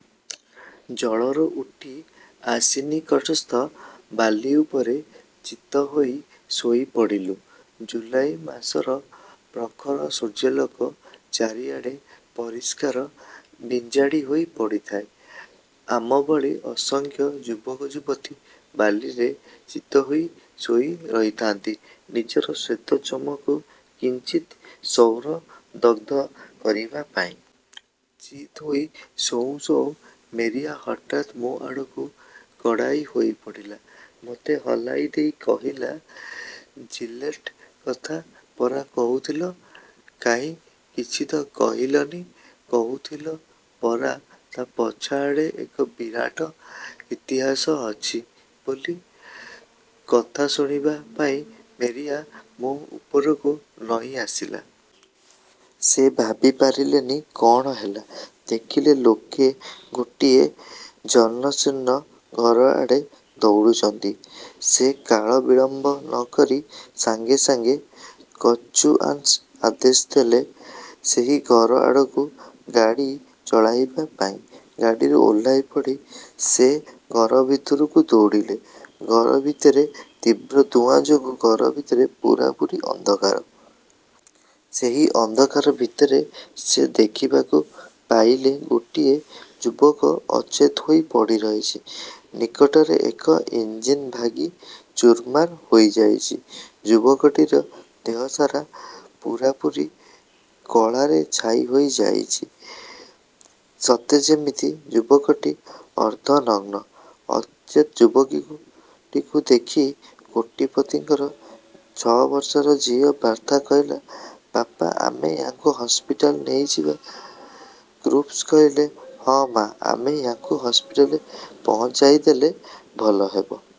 ଜଳରୁ ଉଠି ଆସିନିକଟସ୍ଥ ବାଲି ଉପରେ ଚିତହୋଇ ଶୋଇ ପଡ଼ିଲୁ। ଜୁଲାଇ ମାସର ପ୍ରଖର ସୂର୍ଯ୍ୟାଲୋକ ଚାରିଆଡ଼େ ପରିଷ୍କାର ବିଞ୍ଚାଡ଼ି ହୋଇ ପଡ଼ିଥାଏ। ଆମଭଳି ଅସଂଖ୍ୟ ଯୁବକ ଯୁବତୀ ବାଲିରେ ଚିତହୋଇ ଶୋଇ ରହିଥାନ୍ତି, ନିଜର ଶ୍ୱେତ ଚର୍ମକୁ କିଞ୍ଚିତ୍ ସୌର ଦଗ୍ଧ କରିବା ପାଇଁ। ଚିତ୍ ହୋଇ ଶୋଉଁ ଶୋଉଁ ମେରିଆ ହଠାତ୍ ମୋ ଆଡ଼କୁ କଡ଼ାଇ ହୋଇପଡ଼ିଲା। ମୋତେ ହଲାଇ ଦେଇ କହିଲା, ଜିଲେଡ୍ କଥା ପରା କହୁଥିଲ, କାହିଁ କିଛି ତ କହିଲନି? କହୁଥିଲ ପରା ତା ପଛଆଡ଼େ ଏକ ବିରାଟ ଇତିହାସ ଅଛି ବୋଲି? କଥା ଶୁଣିବା ପାଇଁ ମେରିଆ ମୋ ଉପରକୁ ନଇଁ ଆସିଲା। ସେ ଭାବି ପାରିଲେନି କ'ଣ ହେଲା। ଦେଖିଲେ ଲୋକେ ଗୋଟିଏ ଜୀର୍ଣ୍ଣଶୀର୍ଣ୍ଣ ଘର ଆଡ଼େ ଦୌଡ଼ୁଛନ୍ତି। ସେ କାଳ ବିଳମ୍ବ ନ କରି ସାଙ୍ଗେ ସାଙ୍ଗେ କଚୁଆନ୍ସ ଆଦେଶ ଦେଲେ ସେହି ଘର ଆଡ଼କୁ ଗାଡ଼ି ଚଳାଇବା ପାଇଁ। ଗାଡ଼ିରୁ ଓହ୍ଲାଇପଡ଼ି ସେ ଘର ଭିତରକୁ ଦୌଡ଼ିଲେ ଘର ଭିତରେ ତୀବ୍ର ଧୂଆଁ ଯୋଗୁଁ ଘର ଭିତରେ ପୁରାପୁରୀ ଅନ୍ଧକାର। ସେହି ଅନ୍ଧକାର ଭିତରେ ସେ ଦେଖିବାକୁ। ପାଇଲେ ଗୋଟିଏ ଯୁବକ ଅଚେତ୍ ହୋଇ ପଡ଼ି ରହିଛି। ନିକଟରେ ଏକ ଇଞ୍ଜିନ୍ ଭାଙ୍ଗି ଚୁରମାର ହୋଇଯାଇଛି। ଯୁବକଟିର ଦେହ ସାରା ପୂରାପୂରି କଳାରେ ଛାଇ ହୋଇଯାଇଛି, ସତେ ଯେମିତି ଯୁବକଟି ଅର୍ଦ୍ଧ ନଗ୍ନ। ଅଚେତ୍ ଯୁବକଟିକୁ ଦେଖି କୋଟିପତିଙ୍କର ଛଅ ବର୍ଷର ଝିଅ ବାର୍ଥା କହିଲା ବାପା ଆମେ ୟାଙ୍କୁ ହସପିଟାଲ୍କୁ ନେଇଯିବା କ୍ରୁପ୍ସ କହିଲେ, ହଁ ମା, ଆମେ ୟାଙ୍କୁ ହସପିଟାଲର ପହଞ୍ଚାଇ ଦେଲେ ଭଲ ହେବ।